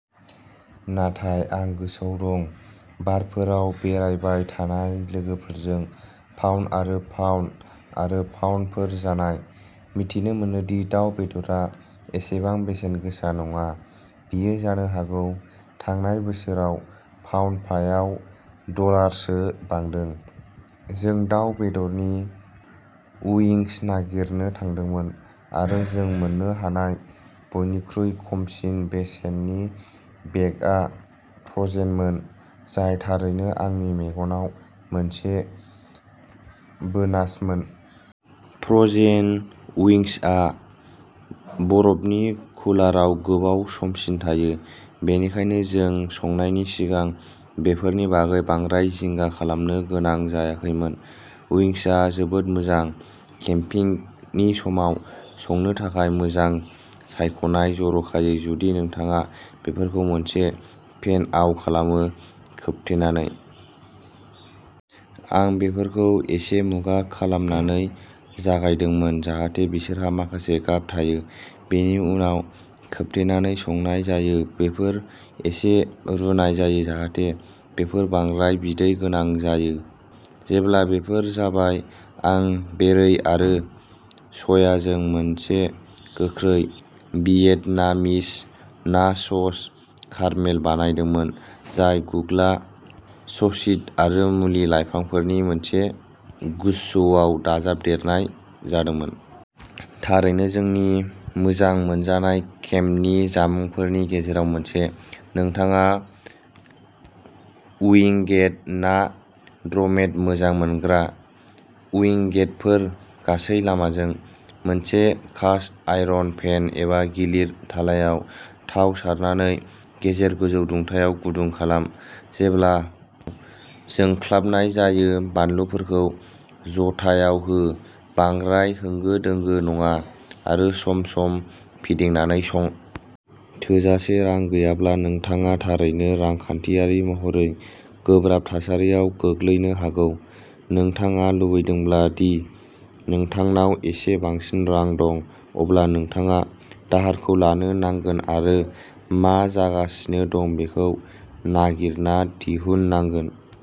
नाथाय आं गोसोआव दं, बारफोराव बेरायबाय थानाय लोगोफोरजों पाउण्ड आरो पाउण्ड आरो पाउण्डफोर जानाय। मिथिनो मोनोदि दाव बेदरआ एसेबां बेसेन गोसा नङा। बेयो जानो हागौ थांनाय बोसोराव पाउण्डफायाव डलारसो बांदों। जों दाव बेदरनि उइंस नागिरनो थांदोंमोन आरो जों मोन्नो हानाय बयनिख्रुइ खमसिन बेसेननि बेगआ फ्र'जेनमोन, जाय थारैनो आंनि मेगनाव मोनसे बोनासमोन। फ्र'जेन उइंसआ बरफनि कुलाराव गोबाव समसिम थायो, बेनिखायनो जों संनायनि सिगां बेफोरनि बागै बांद्राय जिंगा खालामनो गोनां जायाखैमोन। उइंसआ जोबोद मोजां। केम्पिंगनि समाव संनो थाखाय मोजां सायख'नाय, जर'खायै जुदि नोंथाङा बेफोरखौ मोनसे पेनआव खालामो, खोबथेनानै। आं बेफोरखौ एसे मुगा खालामनानै जागायदोंमोन जाहाथे बिसोरहा माखासे गाब थायो, बेनि उनाव खोबथेनानै संनाय जायो-बेफोर एसे रुनाय जायो जाहाथे बेफोर बांद्राय बिदै गोनां जायो। जेब्ला बेफोर जाबाय, आं बेरे आरो सयाजों मोनसे गोख्रै भियेटनामीस ना सस कारमेल बानायदोंमोन, जाय गुग्ला सिशित'आरो मुलि-लाइफांफोरनि मोनसे गुच्छआव दाजाबदेरनाय जादोंमोन। थारैनो जोंनि मोजां मोनजानाय केम्पनि जामुंफोरनि गेजेराव मोनसे! -नोंथाङा उइंगेट ना ड्रमेट मोजां मोनग्रा? उइंगेटफोर गासै लामाजों! मोनसे कास्ट-आयरन पेन एबा गिलिर थालायाव थाव सारनानै गेजेर गोजौ दुंथायाव गुदुं खालाम। जेब्ला जोंख्लाबनाय जायो, बानलुफोरखौ ज'थायाव हो, बांद्राय होंगो-दोंगो नङा, आरो सम-सम फिदिंनानै सं। थोजासे रां गैयाब्ला नोंथाङा थारैनो रांखान्थियारि महरै गोब्राब थासारियाव गोग्लैनो हागौ। नोंथाङा लुबैदोंब्ला दि नोंथांनाव एसे बांसिन रां दं, अब्ला नोंथाङा दाहारखौ लानो नांगोन आरो मा जागासिनो दं बेखौ नागिरना दिहुननांगोन।